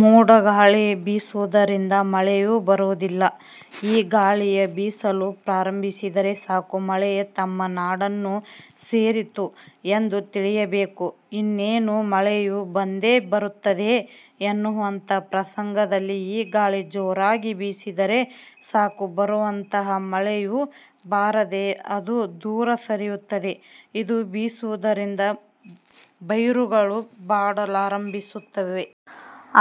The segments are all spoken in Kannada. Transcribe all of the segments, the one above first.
ಮೂಡಗಾಳಿ ಬೀಸುವುದರಿಂದ ಮಳೆಯು ಬರುವುದಿಲ್ಲ. ಈ ಗಾಳಿಯು ಬೀಸಲು ಪ್ರಾರಂಭಿಸಿದರೆ ಸಾಕು ಮಳೆಯು ತಮ್ಮ ನಾಡನ್ನು ಸೇರಿತು ಎಂದು ತಿಳಿಯಬೇಕು. ಇನ್ನೇನು ಮಳೆಯು ಬಂದೇ ಬರುತ್ತದೆ ಎನ್ನುವಂತಹ ಪ್ರಸಂಗದಲ್ಲಿ ಈ ಗಾಳಿ ಜೋರಾಗಿ ಬೀಸಿದರೆ ಸಾಕು ಬರುವಂತಹ ಮಳೆಯು ಬಾರದೆ ಅದು ದೂರ ಸರಿಯುತ್ತದೆ. ಇದು ಬೀಸುವುದರಿಂದ ಪೈರುಗಳು ಬಾಡಲಾರಂಭಿಸುತ್ತವೆ.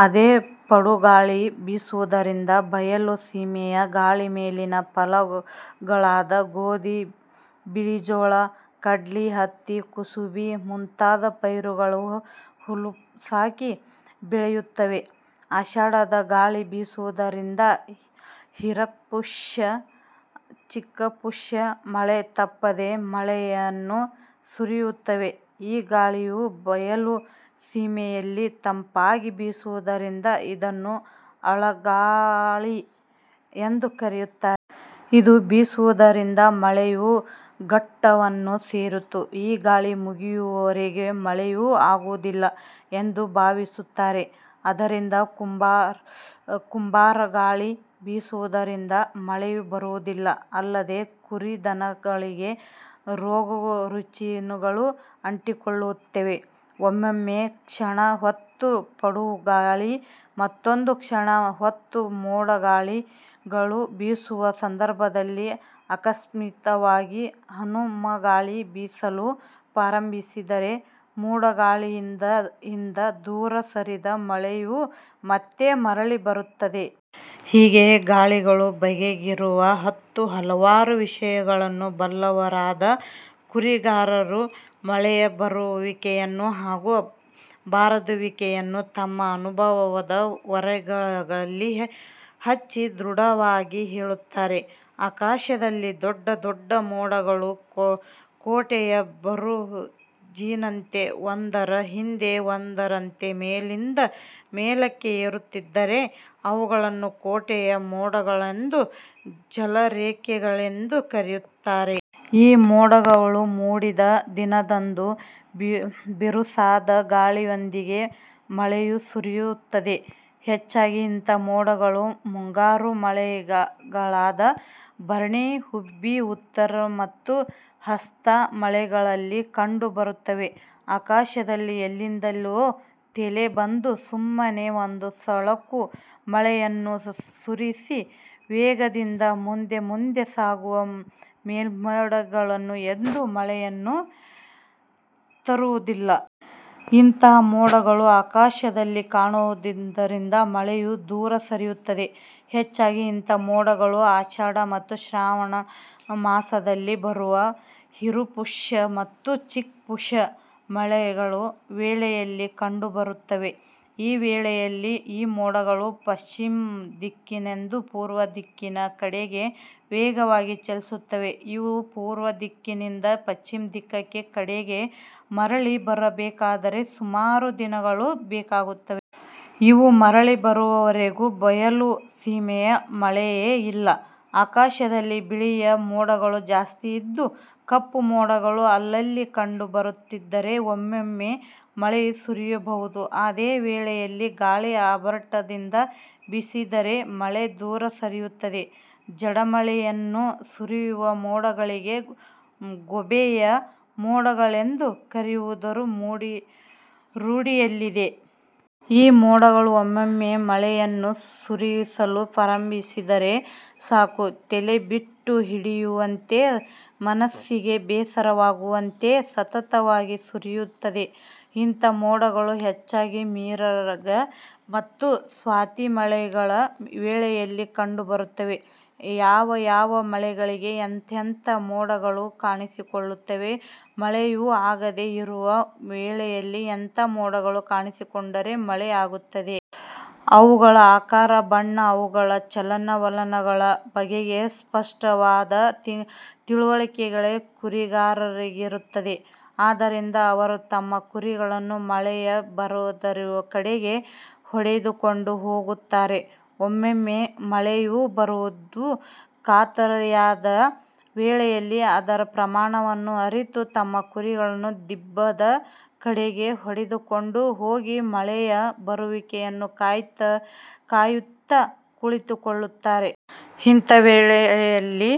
ಅದೆ ಪಡುಗಾಳಿ ಬೀಸುವುದರಿಂದ ಬಯಲು ಸೀಮೆಯ ಗಾಳಿ ಮೇಲಿನ ಫಲಗಳಾದ ಗೋಧಿ, ಬಿಳಿಜೋಳ, ಕಡ್ಲಿ, ಹತ್ತಿ, ಕುಸುಬಿ ಮುಂತಾದ ಪೈರುಗಳು ಹುಲುಸಾಗಿ ಬೆಳೆಯುತ್ತವೆ. ಆಷಾಢದ ಗಾಳಿ ಬೀಸುವುದರಿಂದ ಹಿರಪುಷ್ಯ, ಚಿಕಪುಷ್ಯ ಮಳೆ ತಪ್ಪದೆ ಮಳೆಯನ್ನು ಸುರಿಸುತ್ತವೆ. ಈ ಗಾಳಿಯು ಬಯಲು ಸೀಮೆಯಲ್ಲಿ ತಂಪಾಗಿ ಬೀಸುವುದರಿಂದ ಇದನ್ನು ಅಳಲಗಾಳಿ ಎಂದು ಕರೆಯುತ್ತಾರೆ. ಇದು ಬೀಸುವುದರಿಂದ ಮಳೆಯು ಘಟ್ಟವನ್ನು ಸೇರಿತು; ಈ ಗಾಳಿ ಮುಗಿಯುವವರೆಗೆ ಮಳೆಯು ಆಗುವುದಿಲ್ಲ ಎಂದು ಬಾವಿಸುತ್ತಾರೆ. ಅದರಂತೆ ಕುಂಬಾರಗಾಳಿ ಬೀಸುವುದರಿಂದ ಮಳೆಯು ಬರುವುದಿಲ್ಲ ಅಲ್ಲದೆ ಕುರಿ-ದನಕರುಗಳಿಗೆ ರೋಗರುಜಿನಗಳು ಅಂಟಿಕೊಳ್ಳುತ್ತವೆ. ಒಮ್ಮೊಮ್ಮೆ ಕ್ಷಣ ಹೊತ್ತು ಪಡುಗಾಳಿ ಮತ್ತೊಂದು ಕ್ಷಣ ಹೊತ್ತು ಮೋಡಗಾಳಿಗಳು ಬೀಸುವ ಸಂದರ್ಭದಲ್ಲಿ ಅಕಸ್ಮಾತಾಗಿ ಹನುಮಗಾಳಿ ಬೀಸಲು ಪ್ರಾರಂಬಿಸಿದರೆ ಮೂಡಗಾಳಿಯಿಂದ ದೂರ ಸರಿದ ಮಳೆಯು ಮತ್ತೆ ಮರಳಿ ಬರುತ್ತದೆ. ಹೀಗೆ ಗಾಳಿಗಳ ಬಗೆಗಿರುವ ಹತ್ತು ಹಲವಾರು ವಿಷಯಗಳನ್ನು ಬಲ್ಲವರಾದ ಕುರಿಗಾರರು ಮಳೆಯ ಬರುವಿಕೆಯನ್ನು ಹಾಗೂ ಬಾರದಿರುವಿಕೆಯನ್ನು ತಮ್ಮ ಅನುಭವದ ಒರೆಗಲ್ಲಿಗೆ ಹಚ್ಚಿ ದೃಢವಾಗಿ ಹೇಳುತ್ತಾರೆ. ಆಕಾಶದಲ್ಲಿ ದೊಡ್ಡ ದೊಡ್ಡ ಮೋಡಗಳು ಕೋಟೆಯ ಬುರುಜಿನಂತೆ ಒಂದರ ಹಿಂದೆ ಒಂದರಂತೆ ಮೇಲಿಂದ ಮೇಲಕ್ಕೆ ಏರುತ್ತಿದ್ದರೆ ಅವುಗಳನ್ನು ಕೋಟೆಯ ಮೋಡಗಳೆಂದು, ಜಲರೇಖೆಗಳೆಂದು ಕರೆಯುತ್ತಾರೆ. ಈ ಮೋಡಗಳು ಮೂಡಿದ ದಿನದಂದು ಬಿರುಸಾದ ಗಾಳಿಯೊಂದಿಗೆ ಮಳೆಯು ಸುರಿಯುತ್ತದೆ. ಹೆಚ್ಚಾಗಿ ಇಂಥ ಮೋಡಗಳು ಮುಂಗಾರು ಮಳೆಗಳಾದ ಭರಣಿ, ಹುಬ್ಬಿ, ಉತ್ತರಿ ಮತ್ತು ಹಸ್ತಾ ಮಳೆಗಳಲ್ಲಿ ಕಂಡು ಬರುತ್ತವೆ. ಆಕಾಶದಲ್ಲಿ ಎಲ್ಲಿಂದಲೋ ತೇಲಿ ಬಂದು ಸುಮ್ಮನೆ ಒಂದು ಸಳಕು ಮಳೆಯನ್ನು ಸುರಿಸಿ ವೇಗದಿಂದ ಮುಂದೆ ಮುಂದೆ ಸಾಗುವ ಮೇಲ್ಮೋಡಗಳು ಎಂದೂ ಮಳೆಯನ್ನು ತರುವುದಿಲ್ಲ. ಇಂಥ ಮೋಡಗಳು ಆಕಾಶದಲ್ಲಿ ಕಾಣುವುದರಿಂದ ಮಳೆಯು ದೂರ ಸರಿಯುತ್ತದೆ. ಹೆಚ್ಚಾಗಿ ಇಂಥ ಮೋಡಗಳು ಆಷಾಢ ಮತ್ತು ಶ್ರಾವಣ ಮಾಸದಲ್ಲಿ ಬರುವ ಹಿರಪುಷ್ಯ ಮತ್ತು ಚಿಕಪುಷ್ಯ ಮಳೆಗಳ ವೇಳೆಯಲ್ಲಿ ಕಂಡುಬರುತ್ತವೆ. ಈ ವೇಳೆಯಲ್ಲಿ ಈ ಮೋಡಗಳು ಪಶ್ಚಿಮ ದಿಕ್ಕಿನೆಂದ ಪೂರ್ವದಿಕ್ಕಿನ ಕಡೆಗೆ ವೇಗವಾಗಿ ಚಲಿಸುತ್ತವೆ. ಇವು ಪೂರ್ವ ದಿಕ್ಕಿನಿಂದ ದಶ್ಚಿಮ ದಿಕ್ಕಿನ ಕಡೆಗೆ ಮರಳಿ ಬರಬೇಕಾದರೆ ಸುಮಾರು ದಿನಗಳು ಬೇಕಾಗುತ್ತವೆ. ಇವು ಮರಳಿ ಬರುವವರೆಗೂ ಬಯಲು ಸೀಮೆಗೆ ಮಳೆಯೇ ಇಲ್ಲ. ಆಕಾಶದಲ್ಲಿ ಬಿಳಿಯ ಮೋಡಗಳು ಜಾಸ್ತಿ ಇದ್ದು ಕಪ್ಪು ಮೋಡಗಳು ಅಲ್ಲಲ್ಲಿ ಕಂಡು ಬರುತ್ತಿದ್ದರೆ ಒಮ್ಮೊಮ್ಮೆ ಮಳೆಯು ಸುರಿಯಬಹುದು. ಅದೇ ವೇಳೆಯಲ್ಲಿ ಗಾಳಿಯು ಆರ್ಭಟದಿಂದ ಬೀಸಿದರೆ ಮಳೆ ದೂರ ಸರಿಯುತ್ತದೆ. ಜಡಿಮಳೆಯನ್ನು ಸುರಿಸುವ ಮೋಡಗಳಿಗೆ ಗೂಬೆಯ ಮೋಡಗಳೆಂದು ಕರೆಯುವುದು ರೂಢಿಯಲ್ಲಿದೆ. ಈ ಮೋಡಗಳು ಒಮ್ಮೊಮ್ಮೆ ಮಳೆಯನ್ನು ಸುರಿಸಲು ಪ್ರಾರಂಭಿಸಿದರೆ ಸಾಕು ತೆಲೆ ಚಿಟ್ಟು ಹಿಡಿಯುವಂತೆ ಮನಸ್ಸಿಗೆ ಬೇಸರವಾಗುವಂತೆ ಸತತವಾಗಿ ಸುರಿಯುತ್ತದೆ. ಇಂಥ ಮೋಡಗಳು ಹೆಚ್ಚಾಗಿ ಮಿರಗ ಮತ್ತು ಸ್ವಾತಿ ಮಳೆಗಳ ವೇಳೆಯಲ್ಲಿ ಕಂಡುಬರುತ್ತವೆ. ಯಾವ ಯಾವ ಮಳೆಗಳಿಗೆ ಎಂತೆಂಥ ಮೋಡಗಳು ಕಾಣಿಸಿಕೊಳ್ಳುತ್ತವೆ. ಮಳೆಯು ಆಗದೆ ಇರುವ ವೇಳೆಯಲ್ಲಿ ಎಂಥ ಮೋಡಗಳು ಕಾಣಿಸಿಕೊಂಡರೆ ಮಳೆ ಆಗುತ್ತದೆ. ಅವುಗಳ ಆಕಾರ, ಬಣ್ಣ, ಅವುಗಳ ಚಲನವಲನಗಳ ಬಗೆಗೆ ಸ್ಪಷ್ಟವಾದ ತಿಳುವಳಿಕೆ ಕುರಿಗಾರರಿಗಿರುತ್ತದೆ. ಆದ್ದರಿಂದ ಅವರು ತಮ್ಮ ಕುರಿಗಳನ್ನು ಮಳೆಯು ಬರದಿರುವ ಕಡೆಗೆ ಹೊಡೆದುಕೊಂಡು ಹೋಗುತ್ತಾರೆ. ಒಮ್ಮೊಮ್ಮೆ ಮಳೆಯು ಬರುವುದು ಕಾತರಿಯಾದ ವೇಳೆಯಲ್ಲಿ ಅದರ ಪ್ರಮಾಣವನ್ನು ಅರಿತು ತಮ್ಮ ಕುರಿಗಳನ್ನು ದಿಬ್ಬದ ಕಡೆಗೆ ಹೊಡಿದುಕೊಂಡು ಹೋಗಿ ಮಳೆಯ ಬರುವಿಕೆಯನ್ನು ಕಾಯುತ್ತ ಕುಳಿತುಕೊಳ್ಳುತ್ತಾರೆ. ಇಂಥ ವೇಳೆಯಲ್ಲಿ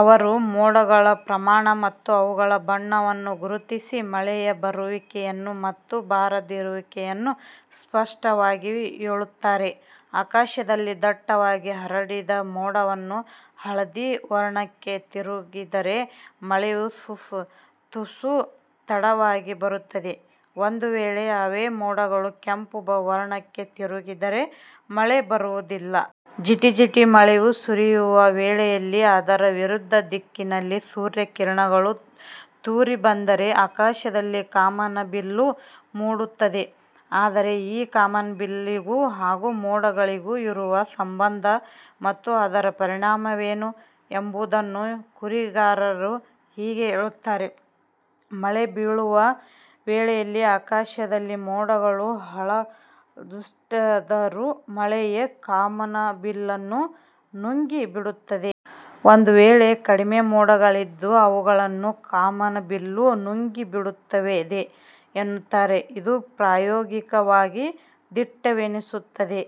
ಅವರು ಮೋಡಗಳ ಪ್ರಮಾಣ ಮತ್ತು ಅವುಗಳ ಬಣ್ಣವನ್ನು ಗುರುತಿಸಿ ಮಳೆಯ ಬರುವಿಕೆಯನ್ನು ಮತ್ತು ಬಾರದಿರುವಿಕೆಯನ್ನು ಸ್ಪಷ್ಟವಾಗಿ ಹೇಳುತ್ತಾರೆ. ಆಕಾಶದಲ್ಲಿ ದಟ್ಟವಾಗಿ ಹರಡಿದ ಮೋಡಗಳು ಹಳದಿಯ ವರ್ಣಕ್ಕೆ ತಿರುಗಿದರೆ ಮಳೆಯು ತುಸು ತಡವಾಗಿ ಬರುತ್ತದೆ. ಒಂದು ವೇಳೆ ಅವೆ ಮೋಡಗಳು ಕೆಂಪು ವರ್ಣಕ್ಕೆ ತಿರುಗಿದರೆ ಮಳೆಯು ಬರುವುದಿಲ್ಲ. ಜಿಟಿ-ಜಿಟಿ ಮಳೆಯು ಸುರಿಯುವ ವೇಳೆಯಲ್ಲಿ ಅದರ ವಿರುದ್ಧ ದಿಕ್ಕಿನಲ್ಲಿ ಸೂರ್ಯ ಕಿರಣಗಳು ತೂರಿ ಬಂದರೆ ಆಕಾಶದಲ್ಲಿ ಕಾಮನಬಿಲ್ಲು ಮೂಡುತ್ತದೆ. ಆದರೆ ಈ ಕಾಮನಬಿಲ್ಲಿಗೂ ಹಾಗೂ ಮೋಡಗಳಿಗೂ ಇರುವ ಸಂಬಂಧ ಮತ್ತು ಅದರ ಪರಿಣಾಮವೇನು? ಎಂಬುದನ್ನು ಕುರಿಗಾರರು ಹೀಗೆ ಹೇಳುತ್ತಾರೆ. 'ಮಳೆ ಬೀಳುವ ವೇಳೆಯಲ್ಲಿ ಆಕಾಶದಲ್ಲಿ ಮೋಡಗಳು ಬಹಳಷ್ಟಿದ್ದರೂ ಮಳೆಯೇ ಕಾಮನಬಿಲ್ಲನ್ನು ನುಂಗಿ ಬಿಡುತ್ತದೆ. ಒಂದು ವೇಳೆ ಕಡಿಮೆ ಮೋಡಗಳಿದ್ದರೆ ಅವುಗಳನ್ನು ಕಾಮನಬಿಲ್ಲು ನುಂಗಿ ಬಿಡುತ್ತದೆ' ಎನ್ನುತ್ತಾರೆ. ಇದು ಪ್ರಾಯೋಗಿಕವಾಗಿ ದಿಟವೆನಿಸುತ್ತದೆ.